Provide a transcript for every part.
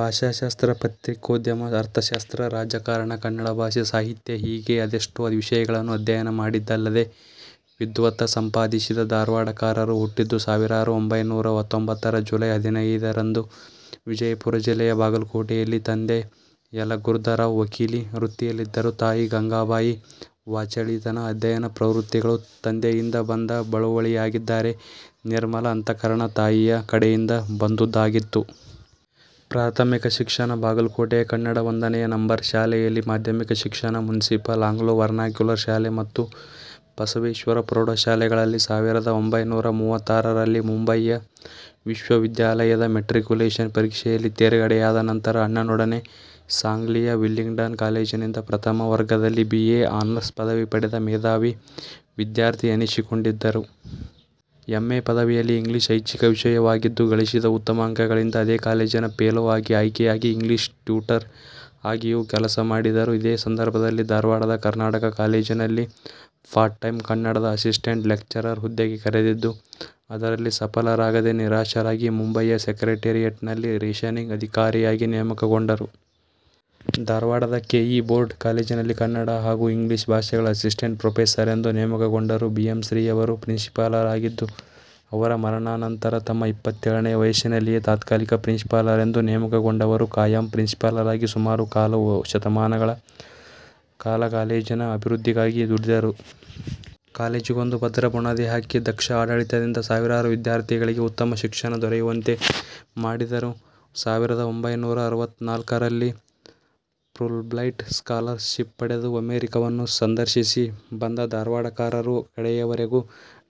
ಭಾಷಾಶಾಸ್ತ್ರ, ಪತ್ರಿಕೋದ್ಯಮ, ಅರ್ಥಶಾಸ್ತ್ರ, ರಾಜಕಾರಣ, ಕನ್ನಡಭಾಷೆ, ಸಾಹಿತ್ಯ ಹೀಗೆ ಅದೆಷ್ಟೋ ವಿಷಯಗಳನ್ನೂ ಅಧ್ಯಯನ ಮಾಡಿದ್ದಲ್ಲದೆ ವಿದ್ವತ್ ಸಂಪಾದಿಸಿದ್ದ ಧಾರವಾಡಕರರು ಹುಟ್ಟಿದ್ದು ಸಾವಿರದ ಒಂಬೈನೂರಾ ಹತ್ತೊಂಬತ್ತರ ಜುಲೈ ಹದಿನೈದರಂದು ವಿಜಾಪುರ ಜಿಲ್ಲೆಯ ಬಾಗಲಕೋಟೆಯಲ್ಲಿ. ತಂದೆ ಯಲಗುರ್ದರಾವ್ ವಕೀಲಿ ವೃತ್ತಿಯಲ್ಲಿದ್ದವರು, ತಾಯಿ ಗಂಗಾಬಾಯಿ. ವಾಚಾಳಿತನ, ಅಧ್ಯಯನ ಪ್ರವೃತ್ತಿಗಳು ತಂದೆಯಿಂದ ಬಂದ ಬಳುವಳಿಯಾಗಿದ್ದರೆ ನಿರ್ಮಲ ಅಂತಃಕರಣ, ತಾಯಿಯ ಕಡೆಯಿಂದ ಬಂದುದಾಗಿತ್ತು. ಪ್ರಾಥಮಿಕ ಶಿಕ್ಷಣ ಬಾಗಲಕೋಟೆಯ ಕನ್ನಡ ಒಂದನೆಯ ನಂಬರ್ ಶಾಲೆಯಲ್ಲಿ. ಮಾಧ್ಯಮಿಕ ಶಿಕ್ಷಣ ಮುನಿಸಿಪಲ್ ಆಂಗ್ಲೋ ವರ್ನಾಕ್ಯುಲರ್ ಶಾಲೆ ಮತ್ತು ಬಸವೇಶ್ವರ ಪ್ರೌಢಶಾಲೆಗಳಲ್ಲಿ. ಸಾವಿರದ ಒಂಬೈನೂರಾ ಮೂವತ್ತಾರರಲ್ಲಿ ಮುಂಬಯಿಯ ವಿಶ್ವವಿದ್ಯಾಲಯದ ಮೆಟ್ರಿಕ್ಯುಲೇಷನ್ ಪರೀಕ್ಷೆಯಲ್ಲಿ ತೇರ್ಗಡೆಯಾದ ನಂತರ ಅಣ್ಣನೊಡನೆ ಸಾಂಗ್ಲಿಯ ವಿಲ್ಲಿಂಗ್ಡನ್ ಕಾಲೇಜಿನಿಂದ ಪ್ರಥಮವರ್ಗದಲ್ಲಿ ಬಿ. ಎ. ಆನರ್ಸ್ ಪದವಿ ಪಡೆದ ಮೇಧಾವಿ ವಿದ್ಯಾರ್ಥಿ ಎನಿಸಿಕೊಂಡಿದ್ದರು. ಎಂ. ಎ. ಪದವಿಯಲ್ಲಿ ಇಂಗ್ಲಿಷ್ ಐಚ್ಛಿಕ ವಿಷಯವಾಗಿದ್ದು, ಗಳಿಸಿದ ಉತ್ತಮ ಅಂಕಗಳಿಂದ ಅದೇ ಕಾಲೇಜಿನ ಫೆಲೊ ಆಗಿ ಆಯ್ಕೆಯಾಗಿ ಇಂಗ್ಲಿಷ್ ಟ್ಯೂಟರ್ ಆಗಿಯೂ ಕೆಲಸ ಮಾಡಿದರು. ಇದೇ ಸಂದರ್ಭದಲ್ಲಿ ಧಾರವಾಡದ ಕರ್ನಾಟಕ ಕಾಲೇಜಿನಲ್ಲಿ ಪಾರ್ಟಟೈಂ ಕನ್ನಡದ ಅಸಿಸ್ಟೆಂಟ್ ಲೆಕ್ಚರರ್ ಹುದ್ದೆಗೆ ಕರೆದಿದ್ದು ಅದರಲ್ಲಿ ಸಫಲರಾಗದೆ ನಿರಾಶರಾಗಿ ಮುಂಬಯಿಯ ಸೆಕ್ರಟರಿಯೆಟ್ನಲ್ಲಿ ರೇಷನಿಂಗ್ ಅಧಿಕಾರಿಯಾಗಿ ನೇಮಕಗೊಂಡರು. ಧಾರವಾಡದ ಕೆ. ಇ. ಬೋರ್ಡ್ ಕಾಲೇಜಿನಲ್ಲಿ ಕನ್ನಡ ಹಾಗೂ ಇಂಗ್ಲಿಷ್ ಭಾಷೆಗಳ ಅಸಿಸ್ಟೆಂಟ್ ಪ್ರೊಫೆಸರೆಂದು ನೇಮಕಗೊಂಡರು. ಬಿ. ಎಂ. ಶ್ರೀ. ಯವರು ಪ್ರಿನ್ಸಿಪಾಲರಾಗಿದ್ದು ಅವರ ಮರಣಾನಂತರ ತಮ್ಮ ಇಪ್ಪತ್ತೇಳನೆಯ ವಯಸ್ಸಿನಲ್ಲಿಯೇ ತಾತ್ಕಾಲಿಕ ಪ್ರಿನ್ಸಿಪಾಲರೆಂದು ನೇಮಕಗೊಂಡವರು ಖಾಯಂ ಪ್ರಿನ್ಸಿಪಾಲರಾಗಿ ಸುಮಾರು ಕಾಲು ಶತಮಾನಗಳ ಕಾಲ ಕಾಲೇಜಿನ ಅಭಿವೃದ್ಧಿಗಾಗಿ ದುಡಿದರು. ಕಾಲೇಜಿಗೊಂದು ಭದ್ರ ಬುನಾದಿ ಹಾಕಿ, ದಕ್ಷ ಆಡಳಿತದಿಂದ ಸಾವಿರಾರು ವಿದ್ಯಾರ್ಥಿಗಳಿಗೆ ಉತ್ತಮ ಶಿಕ್ಷಣ ದೊರೆಯುವಂತೆ ಮಾಡಿದರು. ಸಾವಿರದ ಒಂಬೈನೂರಾ ಅರವತ್ತ ನಾಲ್ಕರಲ್ಲಿ ಫುಲ್ಬ್ರೈಟ್ ಸ್ಕಾಲರ್ ಶಿಪ್ ಪಡೆದು ಅಮೆರಿಕಾವನ್ನು ಸಂದರ್ಶಿಸಿ ಬಂದ ಧಾರವಾಡಕರರು ಕಡೆಯವರೆಗೂ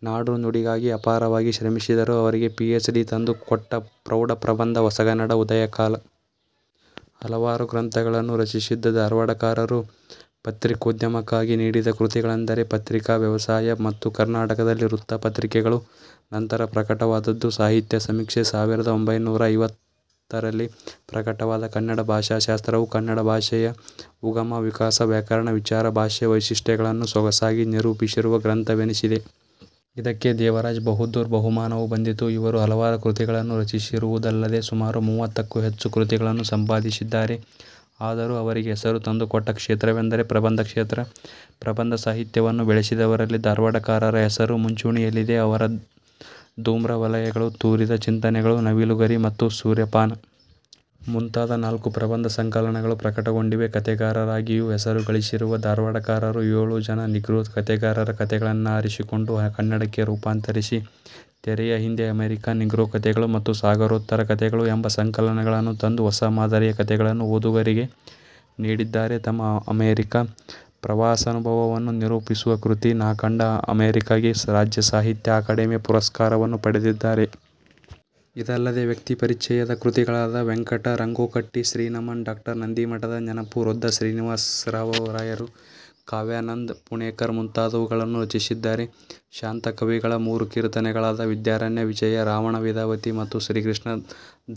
ನಾಡು ನುಡಿಗಾಗಿ ಅಪಾರವಾಗಿ ಶ್ರಮಿಸಿದರು. ಅವರಿಗೆ ಪಿಎಚ್. ಡಿ. ತಂದು ಕೊಟ್ಟ ಪ್ರೌಢ ಪ್ರಬಂಧ ಹೊಸಗನ್ನಡ ಉದಯಕಾಲ. ಹಲವಾರು ಗ್ರಂಥಗಳನ್ನು ರಚಿಸಿದ್ದ ಧಾರವಾಡಕರರು ಪತ್ರಿಕೋದ್ಯಮಕ್ಕಾಗಿ ನೀಡಿದ ಕೃತಿಗಳೆಂದರೆ ಪತ್ರಿಕಾ ವ್ಯವಸಾಯ, ಮತ್ತು ಕರ್ನಾಟಕದಲ್ಲಿ ವೃತ್ತ ಪತ್ರಿಕೆಗಳು. ನಂತರ ಪ್ರಕಟವಾದದ್ದು ಸಾಹಿತ್ಯ ಸಮೀಕ್ಷೆ. ಸಾವಿರದ ಒಂಬೈನೂರಾ ಐವತ್ತರಲ್ಲಿ ಪ್ರಕಟವಾದ ಕನ್ನಡ ಭಾಷಾ ಶಾಸ್ತ್ರವು ಕನ್ನಡ ಭಾಷೆಯ ಉಗಮ, ವಿಕಾಸ, ವ್ಯಾಕರಣ ವಿಚಾರ, ಭಾಷೆಯ ವೈಶಿಷ್ಟ್ಯಗಳನ್ನೂ ಸೊಗಸಾಗಿ ನಿರೂಪಿಸಿರುವ ಗ್ರಂಥವೆನಿಸಿದೆ. ಇದಕ್ಕೆ ದೇವರಾಜ ಬಹದ್ದೂರ್ ಬಹುಮಾನವೂ ಬಂದಿತು. ಇವರು ಹಲವಾರು ಕೃತಿಗಳನ್ನೂ ರಚಿಸಿರುವುದಲ್ಲದೆ ಸುಮಾರು ಮೂವತ್ತಕ್ಕೂ ಹೆಚ್ಚು ಕೃತಿಗಳನ್ನೂ ಸಂಪಾದಿಸಿದ್ದಾರೆ. ಆದರೂ ಅವರಿಗೆ ಹೆಸರು ತಂದು ಕೊಟ್ಟ ಕ್ಷೇತ್ರವೆಂದರೆ ಪ್ರಬಂದ ಕ್ಷೇತ್ರ. ಪ್ರಬಂಧ ಸಾಹಿತ್ಯವನ್ನೂ ಬೆಳೆಸಿದವರಲ್ಲಿ ಧಾರವಾಡಕರರ ಹೆಸರು ಮುಂಚೂಣಿಯಲ್ಲಿದೆ. ಅವರ ಧೂಮ್ರವಲಯಗಳು, ತೂರಿದ ಚಿಂತನೆಗಳು, ನವಿಲುಗರಿ ಮತ್ತು ಸೂರ್ಯಪಾನ. ಮುಂತಾದ ನಾಲ್ಕು ಪ್ರಬಂಧ ಸಂಕಲನಗಳು ಪ್ರಕಟಗೊಂಡಿವೆ. ಕತೆಗಾರರಾಗಿಯೂ ಹೆಸರು ಗಳಿಸಿರುವ ಧಾರವಾಡಕರರು ಏಳು ಜನ ನಿಗ್ರೋ ಕತೆಗಾರರ ಕತೆಗಳನ್ನಾರಿಸಿಕೊಂಡು ಕನ್ನಡಕ್ಕೆ ರೂಪಾಂತರಿಸಿ ತೆರೆಯ ಹಿಂದೆ ಅಮೆರಿಕನ್ ನಿಗ್ರೋ ಕಥೆಗಳು ಮತ್ತು ಸಾಗರೋತ್ತರ ಕಥೆಗಳು ಎಂಬ ಸಂಕಲನಗಳನ್ನು ತಂದು ಹೊಸ ಮಾದರಿಯ ಕತೆಗಳನ್ನು ಓದುಗರಿಗೆ ನೀಡಿದ್ದಾರೆ. ತಮ್ಮ ಅಮರಿಕಾ ಪ್ರವಾಸಾನುಭವವನ್ನೂ ನಿರೂಪಿಸುವ ಕೃತಿ ನಾ ಕಂಡ ಅಮರಿಕೆಗೆ ರಾಜ್ಯ ಸಾಹಿತ್ಯ ಅಕಾಡಮಿಯ ಪುರಸ್ಕಾರವನ್ನೂ ಪಡೆದಿದ್ದಾರೆ. ಇದಲ್ಲದೆ ವ್ಯಕ್ತಿ ಪರಿಚಯದ ಕೃತಿಗಳಾದ ವೆಂಕಟ ರಂಗೋಕಟ್ಟಿ, ಶ್ರೀನಮನ, ಡಾ. ನಂದಿಮಠರ ನೆನಪು, ರೊದ್ದ ಶ್ರೀನಿವಾಸರಾಯರು, ಕಾವ್ಯಾನಂದ, ಪುಣೇಕರ ಮುಂತಾದವುಗಳನ್ನೂ ರಚಿಸಿದ್ದಾರೆ. ಶಾಂತ ಕವಿಗಳ ಮೂರು ಕೀರ್ತನೆಗಳಾದ ವಿದ್ಯಾರಣ್ಯ ವಿಜಯ, ರಾವಣ ವೇದವತಿ ಮತ್ತು ಶ್ರೀಕೃಷ್ಣ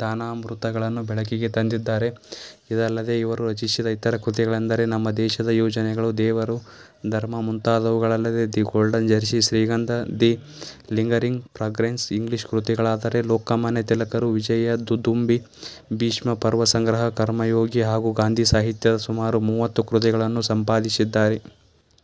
ದಾನಾಮೃತಗಳನ್ನೂ ಬೆಳಕಿಗೆ ತಂದಿದ್ದಾರೆ. ಇದಲ್ಲದೆ ಇವರು ರಚಿಸಿದ ಇತರ ಕೃತಿಗಳೆಂದರೆ ನಮ್ಮ ದೇಶದ ಯೋಜನೆಗಳು, ದೇವರು ಧರ್ಮ, ಮುಂತಾದವುಗಳಲ್ಲದೆ the golden jersey, Shrigandha, the lingering fragrance English ಕೃತಿಗಳಾದರೆ ಲೋಕಮಾನ್ಯ ತಿಲಕರು, ವಿಜಯದುಂದುಭಿ, ಭೀಷ್ಮಪರ್ವಸಂಗ್ರಹ, ಕರ್ಮಯೋಗಿ ಹಾಗೂ ಗಾಂಧಿಸಾಹಿತ್ಯದ ಸುಮಾರು ಮೂವತ್ತು ಕೃತಿಗಳನ್ನೂ ಸಂಪಾದಿಸಿದ್ದಾರೆ.